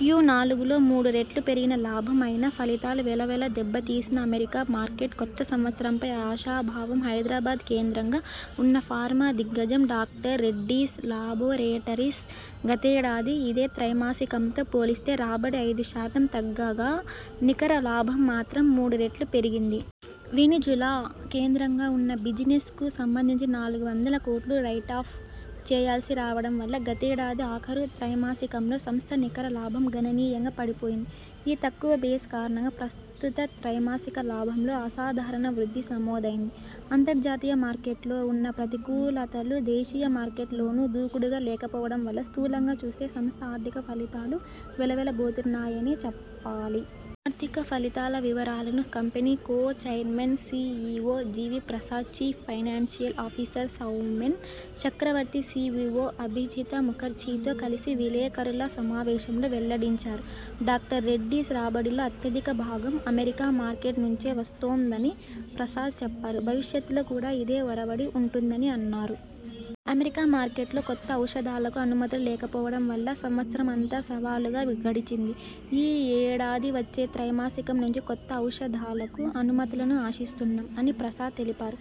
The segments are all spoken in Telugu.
క్యు నాలుగులో మూడు రెట్లు పెరిగిన లాభం అయినా ఫలితాలు వెలవెల దెబ్బతీసిన అమెరికా మార్కెట్ కొత్త సంవత్సరం పై ఆశాభావం హైదరాబాద్ కేంద్రంగా ఉన్న ఫార్మా దిగ్గజం డాక్టర్ రెడ్డీస్ లాబొరెటరీస్ గతేడాది ఇదే త్రైమాసికంతో పోలిస్తే రాబడి ఐదు శాతం తగ్గగా నికర లాభం మాత్రం మూడురెట్లు పెరిగింది. వెనిజులా కేంద్రంగా ఉన్న బిజినెస్ కు సంబంధించి నాలుగు వందల కోట్లు రైటాఫ్ చేయాల్సి రావడం వల్ల గతేడాది ఆఖరు త్రైమాసికంలో సంస్థ నికరలాభం గణనీయంగా పడిపోయింది. ఈ తక్కువ బేస్ కారణంగా ప్రస్తుత త్రైమాసిక లాభంలో అసాధారణ వృద్ధి నమోదైంది. అంతర్జాతీయ మార్కెట్లో ఉన్న ప్రతికూలతలు దేశీయ మార్కెట్లోనూ దూకుడుగా లేకపోవడం వల్ల స్థూలంగా చూస్తే సంస్థ ఆర్థిక ఫలితాలు వెలవెలబోతున్నాయనే చెప్పాలి. ఆర్థిక ఫలితాల వివరాలను company co chairman, CEO GV Prasad, chief financial officer Soumen Chakraborty, COO Abhijit ముఖర్జీతో కలిసి విలేకరుల సమావేశంలో వెల్లడించారు. డాక్టర్ రెడ్డీస్ రాబడిలో అత్యధిక భాగం అమెరికా మార్కెట్ నుంచే వస్తోందని ప్రసాద్ చెప్పారు. భవిష్యత్తులో కూడా ఇదే ఒరవడి ఉంటుందని అన్నారు. అమెరికా మార్కెట్లో కొత్త ఔషధాలకు అనుమతులు లేకపోవడం వల్ల సంవత్సరం అంతా సవాలుగా గడిచింది. ఈ ఏడాది వచ్చే త్రైమాసికం నుంచి కొత్త ఔషధాలకు అనుమతులను అశిస్తున్నాం'' అని ప్రసాద్ తెలిపారు.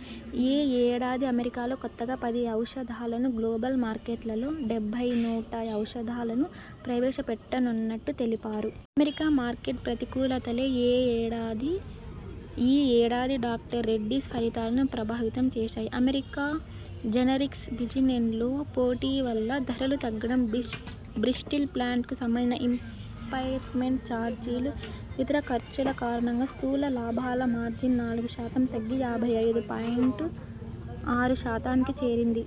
ఈ ఏడాది అమెరికాలో కొత్తగా పది ఔషధాలను, గ్లోబల్ మార్కెట్లలో డెబ్బై నూట ఔషధాలను ప్రవేశపెట్టనున్నట్టు తెలిపారు. అమెరికా మార్కెట్ ప్రతికూలతలే ఈ ఏడాది డాక్టర్ రెడ్డీస్ ఫలితాలను ప్రభావితం చేశాయి. అమెరికా జనరిక్స్ బిజినెన్లో పోటీ వల్ల ధరలు తగ్గడం, బ్రిస్టల్ ప్లాంట్ కు సంబంధించిన ఇంపైర్మెంట్ చార్జీలు, ఇతర ఖర్చుల కారణంగా స్థూల లాభాల మార్జిన్ నాలుగు శాతం తగ్గి యాభై ఐదు పాయింట్ ఆరు శాతానికి చేరింది.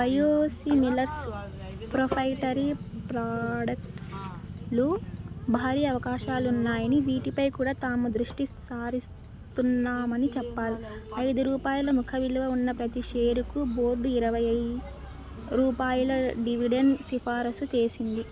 బయోసిమిలర్స్, ప్రొప్రైటరీ ప్రాడక్ట్స్ లో భారీ అవకాశాలున్నాయనీ వీటిపై కూడా తాము దృష్టి సారిస్తున్నామని చెప్పారు. ఐదు రూపాయల ముఖ విలువ ఉన్న ప్రతి షేరుకు బోర్డు ఇరవై రూపాయల డివిడెండ్ సిఫారసు చేసింది.